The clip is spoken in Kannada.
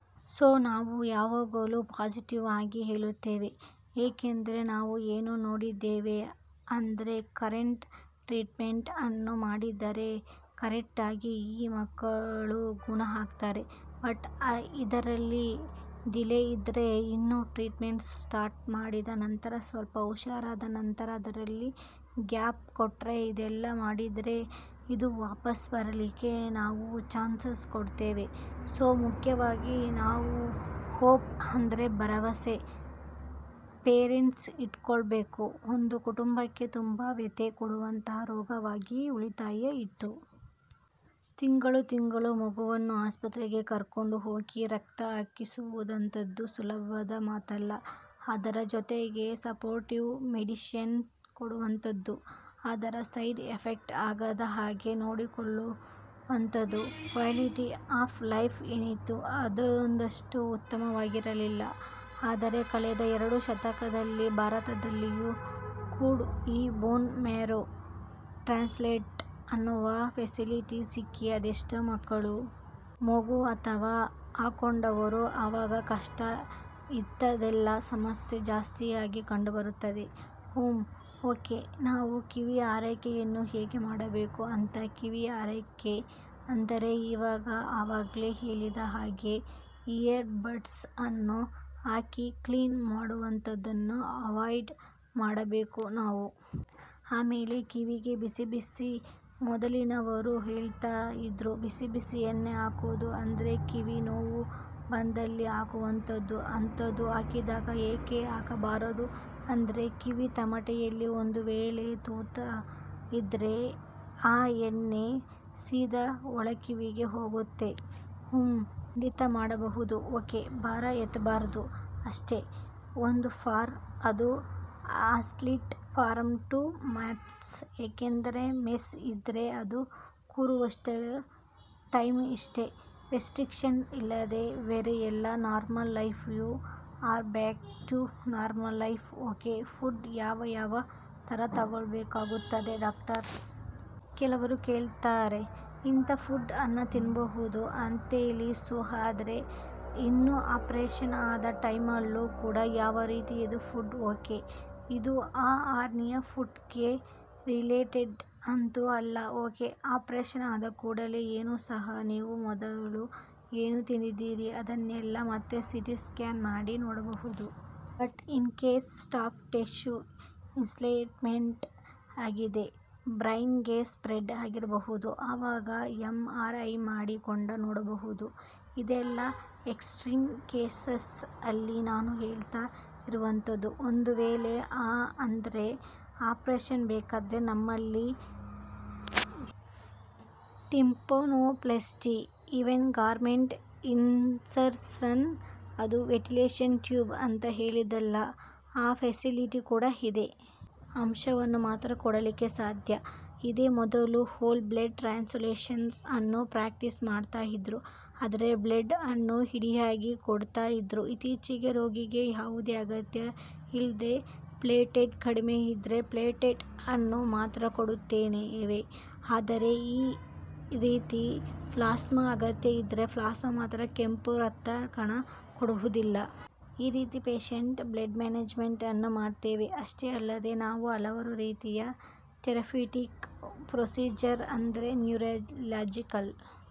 ಸೋ ನಾವು ಯಾವಾಗಲೂ ಪಾಸಿಟಿವ್ ಆಗಿ ಹೇಳುತ್ತೇವೆ ಯಾಕೆಂದ್ರೆ ನಾವು ಏನು ನೋಡಿದ್ದೇವೆ ಅಂದ್ರೆ ಕರೆಕ್ಟ್ ಟ್ರೀಟ್ಮೆಂಟ್ ಅನ್ನು ಮಾಡಿದ್ರೆ ಕರೆಕ್ಟಾಗಿ ಈ ಮಕ್ಕಳು ಗುಣ ಆಗ್ತಾರೆ ಬಟ್ ಇದರಲ್ಲಿ ಡಿಲೇ ಇದ್ರೆ ಇದನ್ನು ಟ್ರೀಟ್ಮೆಂಟ್ ಸ್ಟಾರ್ಟ್ ಮಾಡಿದ ನಂತರ ಸ್ವಲ್ಪ ಹುಷಾರಾದ ನಂತರ ಅದರಲ್ಲಿ ಗ್ಯಾಪ್ ಕೊಟ್ರೆ ಇದೆಲ್ಲ ಮಾಡಿದ್ರೆ ಇದು ವಾಪಸ್ ಬರಲಿಕ್ಕೆ ನಾವು ಚಾನ್ಸಸ್ ಕೊಡ್ತೇವೆ ಸೋ ಮುಖ್ಯವಾಗಿ ನಾವು ಹೋಪ್ ಅಂದ್ರೆ ಭರವಸೆ ಪೇರೆಂಟ್ಸ್ ಇಟ್ಕೊಳ್ಬೇಕು ಒಂದು ಕುಟುಂಬಕ್ಕೆ ತುಂಬಾ ವ್ಯಥೆ ಕೊಡುವಂತ ರೋಗವಾಗಿ ಉಳಿತಾ ಇತ್ತು. ತಿಂಗಳು ತಿಂಗಳು ಮಗುವನ್ನ ಆಸ್ಪತ್ರೆಗೆ ಕರ್ಕೊಂಡು ಹೋಗಿ ರಕ್ತ ಹಾಕಿಸುವಂತದ್ದು ಸುಲಭದ ಮಾತಲ್ಲ. ಅದರ ಜೊತೆಗೆ ಸಪೋರ್ಟಿವ್ ಮೆಡಿಸಿನ್ಸ್ ಕೊಡುವಂತದ್ದು ಅದರ ಸೈಡ್ ಎಫೆಕ್ಟ್ ಆಗದ ಹಾಗೆ ನೋಡಿಕೊಳ್ಳುವಂತದ್ದು ಕ್ವಾಲಿಟಿ ಆಫ್ ಲೈಫ್ ಏನಿತ್ತು ಅದೊಂದಷ್ಟು ಉತ್ತಮವಾಗಿರಲಿಲ್ಲ. ಆದರೆ ಕಳೆದ ಎರಡು ದಶಕದಲ್ಲಿ ಭಾರತದಲ್ಲಿಯೂ ಕೂಡ ಈ ಬೋನ್ ಮ್ಯಾರೋ ಟ್ರಾನ್ಸ್ಪ್ಲಾಂಟ್ ಅನ್ನುವ ಫೆಸಿಲಿಟಿ ಸಿಕ್ಕಿ ಅದೆಷ್ಟೋ ಮಕ್ಕಳು. ಮಗು ಅಥವಾ ಹಾಕೊಂಡವರು ಅವಾಗ ಕಷ್ಟ ಇಂತದೆಲ್ಲಾ ಸಮಸ್ಯೆ ಜಾಸ್ತಿಯಾಗಿ ಕಂಡುಬರುತ್ತದೆ. ಹುಂ. ಓಕೆ ನಾವು ಕಿವಿಯ ಆರೈಕೆಯನ್ನು ಹೇಗೆ ಮಾಡಬೇಕು ಅಂತ ಕಿವಿಯ ಆರೈಕೆ ಅಂದ್ರೆ ಇವಾಗ ಆವಾಗ್ಲೇ ಹೇಳಿದ ಹಾಗೆ ಇಯರ್ ಬಡ್ಸ್ ಅನ್ನು ಹಾಕಿ ಕ್ಲೀನ್ ಮಾಡುವಂತದ್ದನ್ನ ಅವಾಯ್ಡ್ ಮಾಡಬೇಕು ನಾವು. ಆಮೇಲೆ ಕಿವಿಗೆ ಬಿಸಿ ಬಿಸಿ ಮೊದಲಿನವರು ಹೇಳ್ತಾ ಇದ್ರು ಬಿಸಿ ಬಿಸಿ ಎಣ್ಣೆ ಹಾಕೋದು ಅಂದ್ರೆ ಕಿವಿ ನೋವು ಬಂದಲ್ಲಿ ಹಾಕುವಂತದ್ದು ಅಂತದ್ದು ಹಾಕಿದಾಗ ಯಾಕೆ ಹಾಕಬಾರದು ಅಂದ್ರೆ ಕಿವಿ ತಮಟೆಯಲ್ಲಿ ಒಂದು ವೇಳೆ ತೂತ ಇದ್ರೆ ಆ ಎಣ್ಣೆ ಸೀದಾ ಒಳಕಿವಿಗೆ ಹೋಗುತ್ತೆ. ಹುಂ. ಖಂಡಿತ ಮಾಡಬಹುದು ಓಕೆ ಭಾರ ಎತ್ತಬಾರದು ಅಷ್ಟೇ. ಒಂದು ಫಾರ್ ಅದು ಅಟ್ಲೀಸ್ಟ್ ಫಾರ್ ಟು ಮಂತ್ಸ್ ಯಾಕಂದ್ರೆ ಮೆಶ್ ಇದೆ ಅದು ಕೂರುವಷ್ಟು ಟೈಮ್ ಇಷ್ಟೇ ರೆಸ್ಟ್ರಿಕ್ಷನ್ ಅಲ್ಲದೆ ಬೇರೆ ಎಲ್ಲಾ normal life you are back to normal life. Okay food ಯಾವ್ ಯಾವ್ ತರ ತಗೊಳ್ಬೇಕಾಗುತ್ತದೆ ಡಾಕ್ಟರ್. ಕೆಲವರು ಕೇಳ್ತಾರೆ ಇಂತ ಫುಡ್ ಅನ್ನ ತಿನ್ಬಹುದಾ ಅಂತೇಳಿ ಸೋ ಅಂದ್ರೆ ಇನ್ನು ಆಪರೇಷನ್ ಆದ ಟೈಮ್ ಅಲ್ಲೂ ಕೂಡ ಯಾವ್ ರೀತಿಯಾದ ಫುಡ್. ಓಕೆ ಇದು ಈ ಹರ್ನಿಯಾ ಫುಡ್ ಗೆ ರಿಲೇಟೆಡ್ ಅಂತೂ ಅಲ್ಲ ಓಕೆ. ಆಪರೇಷನ್ ಆದ ಕೂಡಲೇ ಏನು ಸಹ ನೀವು ಮೊದಲು ಏನು ತಿಂತಿದ್ರಿ ಅದನ್ನೆಲ್ಲಾ ಮತ್ತೆ ಸಿಟಿ ಸ್ಕ್ಯಾನ್ ಮಾಡಿ ನೋಡಬಹುದು. But in case soft tissue involvement ಆಗಿದೆ. ಬ್ರೈನ್ ಗೆ ಸ್ಪ್ರೆಡ್ ಆಗಿರಬಹುದು. ಆವಾಗ ಎಂಆರ್ ಐ ಮಾಡಿ ಕೂಡ ನೋಡಬಹುದು. ಇದೆಲ್ಲಾ ಎಕ್ಸ್ಟ್ರೀಮ್ ಕೇಸಸ್ ಅಲ್ಲಿ ನಾನು ಹೇಳ್ತಾ ಇರುವಂತದ್ದು ಒಂದು ವೇಳೆ ಆ ಅಂದ್ರೆ ಆಪರೇಷನ್ ಬೇಕಾದ್ರೆ ನಮ್ಮಲ್ಲಿ ಟಿಂಪಾನೋಪ್ಲಾಸ್ಟಿ ಇವನ್ ಗ್ರಾಮೆಟ್ ಇನ್ಸರ್ಷನ್ ಅದು ವೆಂಟಿಲೇಷನ್ ಟ್ಯೂಬ್ ಅಂತ ಹೇಳಿದಲ್ಲ ಆ ಫೆಸಿಲಿಟಿ ಕೂಡ ಇದೆ. ಅಂಶವನ್ನು ಮಾತ್ರ ಕೊಡಲಿಕ್ಕೆ ಸಾಧ್ಯ ಇದೆ. ಮೊದಲು ಹೋಲ್ ಬ್ಲಡ್ ಟ್ರಾನ್ಸ್ಫ್ಯೂಷನ್ ಅನ್ನು ಪ್ರಾಕ್ಟೀಸ್ ಮಾಡ್ತಾ ಇದ್ರು. ಅಂದ್ರೆ ಬ್ಲಡ್ ಅನ್ನು ಇಡಿಯಾಗಿ ಕೊಡ್ತಾ ಇದ್ರು. ಇತ್ತೀಚೆಗೆ ರೋಗಿಗೆ ಯಾವುದು ಅಗತ್ಯ ಇದೆ ಪ್ಲೇಟ್ಲೆಟ್ ಕಡಿಮೆ ಇದ್ರೆ ಪ್ಲೇಟ್ಲೆಟ್ ಅನ್ನು ಮಾತ್ರ ಕೊಡುತ್ತೇವೆ. ಅದೇ ರೀತಿ ಪ್ಲಾಸ್ಮಾ ಅಗತ್ಯ ಇದ್ರೆ ಪ್ಲಾಸ್ಮಾ ಮಾತ್ರ ಕೆಂಪು ರಕ್ತ ಕಣ ಕೊಡುವುದಿಲ್ಲ. ಈ ರೀತಿ ಪೇಷಂಟ್ ಬ್ಲಡ್ ಮ್ಯಾನೇಜ್ಮೆಂಟ್ ಅನ್ನು ಮಾಡ್ತೇವೆ. ಅಷ್ಟೇ ಅಲ್ಲದೆ ನಾವು ಹಲವಾರು ರೀತಿಯ ಥೆರಪ್ಯೂಟಿಕ್ ಪ್ರೊಸೀಜರ್ಸ್ ಅಂದ್ರೆ ನ್ಯೂರೋಲಾಜಿಕಲ್.